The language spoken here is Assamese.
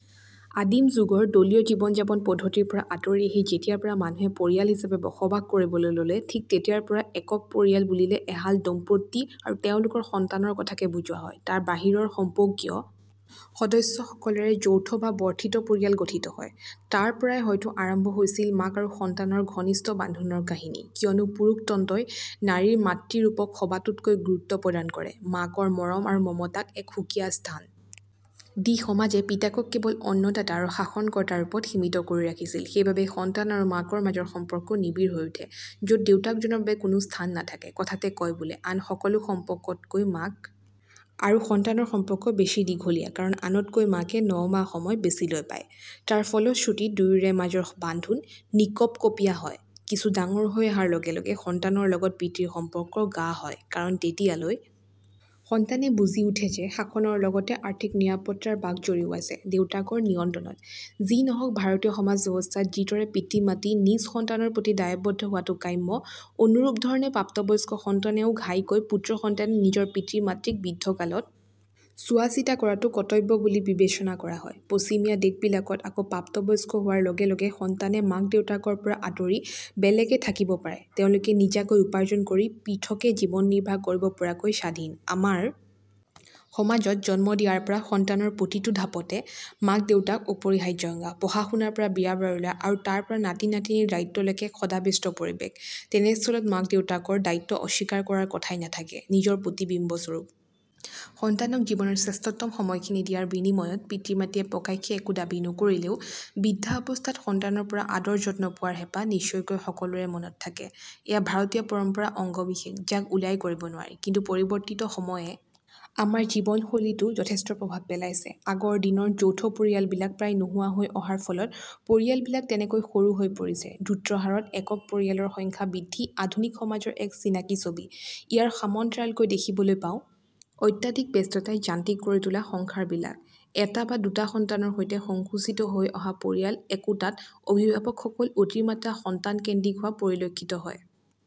আদিম যুগৰ দলীয় জীৱনযাপন পদ্ধতিৰ পৰা আঁতৰি আহি যেতিয়াৰে পৰা মানুহে পৰিয়াল হিচাপে বসবাস কৰিবলৈ ললে ঠিক তেতিয়াৰে পৰা একক পৰিয়াল বুলিলে এহাল দম্পতী আৰু তেওঁলোকৰ সন্তানৰ কথাকে বুজোৱা হয়৷ তাৰ বাহিৰৰ সম্পৰ্কীয় সদস্যসকলেৰে যৌথ বা বৰ্ধিত পৰিয়াল গঠিত হয়৷ তাৰ পৰাই হয়তো আৰম্ভ হৈছিল মাক আৰু সন্তানৰ ঘনিষ্ঠ বান্ধোনৰ কাহিনী৷ কিয়নো পুৰুষতন্ত্ৰই নাৰীৰ মাতৃৰূপক সবাতোকৈ গুৰুত্ব প্ৰদান কৰে৷ মাকৰ মৰম বা মমতাক এক সুকীয়া স্থান দি সমাজে পিতাকক কেৱল অন্নদাতা আৰু শাসনকৰ্তাৰ ৰূপত সীমিত কৰি ৰাখিছিল৷ সেইবাবেই সন্তান আৰু মাকৰ মাজৰ সম্পৰ্ক নিবিড় হৈ উঠে৷ যত দেউতাকজনৰ বাবে কোনো স্থান নাথাকে৷ কথাতে কয় বোলে আন সকলো সম্পৰ্কতকৈ মাক আৰু সন্তানৰ সম্পৰ্ক বেছি দীঘলীয়া কাৰণ আনতকৈ মাকে ন মাহ সময় বেছিলৈ পায়৷ তাৰে ফলশ্ৰুতিত দুয়োৰে মাজৰ বান্ধোন নিকপকপীয়া হয়৷ কিছু ডাঙৰ হৈ অহাৰ লগেলগে সন্তানৰ লগত পিতৃৰ সম্পৰ্ক গাঢ় হয় কাৰণ তেতিয়ালৈ সন্তানে বুজি উঠে যে শাসনৰ লগতে আৰ্থিক নিৰাপত্তাৰ বাঘজৰীও আছে দেউতাকৰ নিয়ন্ত্ৰণত৷ যি নহওক ভাৰতীয় সমাজব্যৱস্থাত যিদৰে পিতৃমাতৃ নিজ সন্তানৰ প্ৰতি দায়বদ্ধ হোৱাতো কাম্য অনুৰূপধৰণে প্ৰাপ্তবয়স্ক সন্তানেও ঘাইকৈ পুত্ৰ সন্তানে নিজৰ পিতৃমাতৃক বৃদ্ধকালত চোৱাচিতা কৰাতো কৰ্তব্য বুলি বিবেচনা কৰা হয়৷ পশ্চিমীয়া দেশবিলাকত আকৌ প্ৰাপ্তবয়স্ক হোৱাৰ লগে লগে সন্তানে মাক দেউতাকৰ পৰা আঁতৰি বেলেগে থাকিব পাৰে৷ তেওঁলোক নিজাকৈ উপাৰ্জন কৰি পৃথকে জীৱন নিৰ্বাহ কৰিব পৰাকৈ স্বাধীন৷ আমাৰ সমাজত জন্ম দিয়াৰ পৰা সন্তানৰ জীৱনৰ প্ৰতিটো ধাপতে মাকদেউতাক অপৰিহাৰ্য অংগ৷ পঢ়াশুনাৰ পৰা বিয়াবাৰুলৈ আৰু তাৰ পৰা নাতিনাতিনীৰ দায়িত্বলৈকে এক সদাব্যস্ত পৰিৱেশ৷ তেনেস্থলত মাক দেউতাকৰ দায়িত্ব অস্বীকাৰ কৰাৰ কথাই নাথাকে৷ নিজৰ প্ৰতিবিম্ব স্বৰূপ সন্তানক জীৱনৰ শ্ৰেষ্ঠতম সময়খিনি দিয়াৰ বিনিময়ত পিতৃমাতৃয়ে প্ৰকাশ্যে একো দাবী নকৰিলেও বৃদ্ধাৱস্থাত সন্তানৰ পৰা আদৰ যত্ন পোৱাৰ হেঁপাহ নিশ্চয়কৈ সকলোৰে মনত থাকে৷ এয়া ভাৰতীয় পৰম্পৰাৰ অংগবিশেষ যাক উলাই কৰিব নোৱাৰি৷ কিন্তু পৰিৱৰ্তিত সময়ে আমাৰ জীৱনশৈলীতো যথেষ্ট প্ৰভাৱ পেলাইছে৷ আগৰ দিনৰ যৌথ পৰিয়ালবিলাক প্ৰায় নোহোৱা হৈ অহাৰ ফলত পৰিয়ালবিলাক তেনেই সৰু হৈ পৰিছে৷ দ্ৰুতহাৰত একক পৰিয়ালৰ সংখ্যা বৃদ্ধি আধুনিক সমাজৰ এক চিনাকি ছবি৷ ইয়াৰ সমান্তৰালকৈ দেখিবলৈ পাওঁ অত্যধিক ব্যস্ততাই যান্ত্ৰিক কৰি তোলা সংসাৰবিলাক৷ এটা বা দুটা সন্তানৰ সৈতে সংকুচিত হৈ অহা পৰিয়াল একোটাত অভিভাৱকসকল অতিমাত্ৰা সন্তানকেন্দ্ৰিক হোৱা পৰিলক্ষিত হয়৷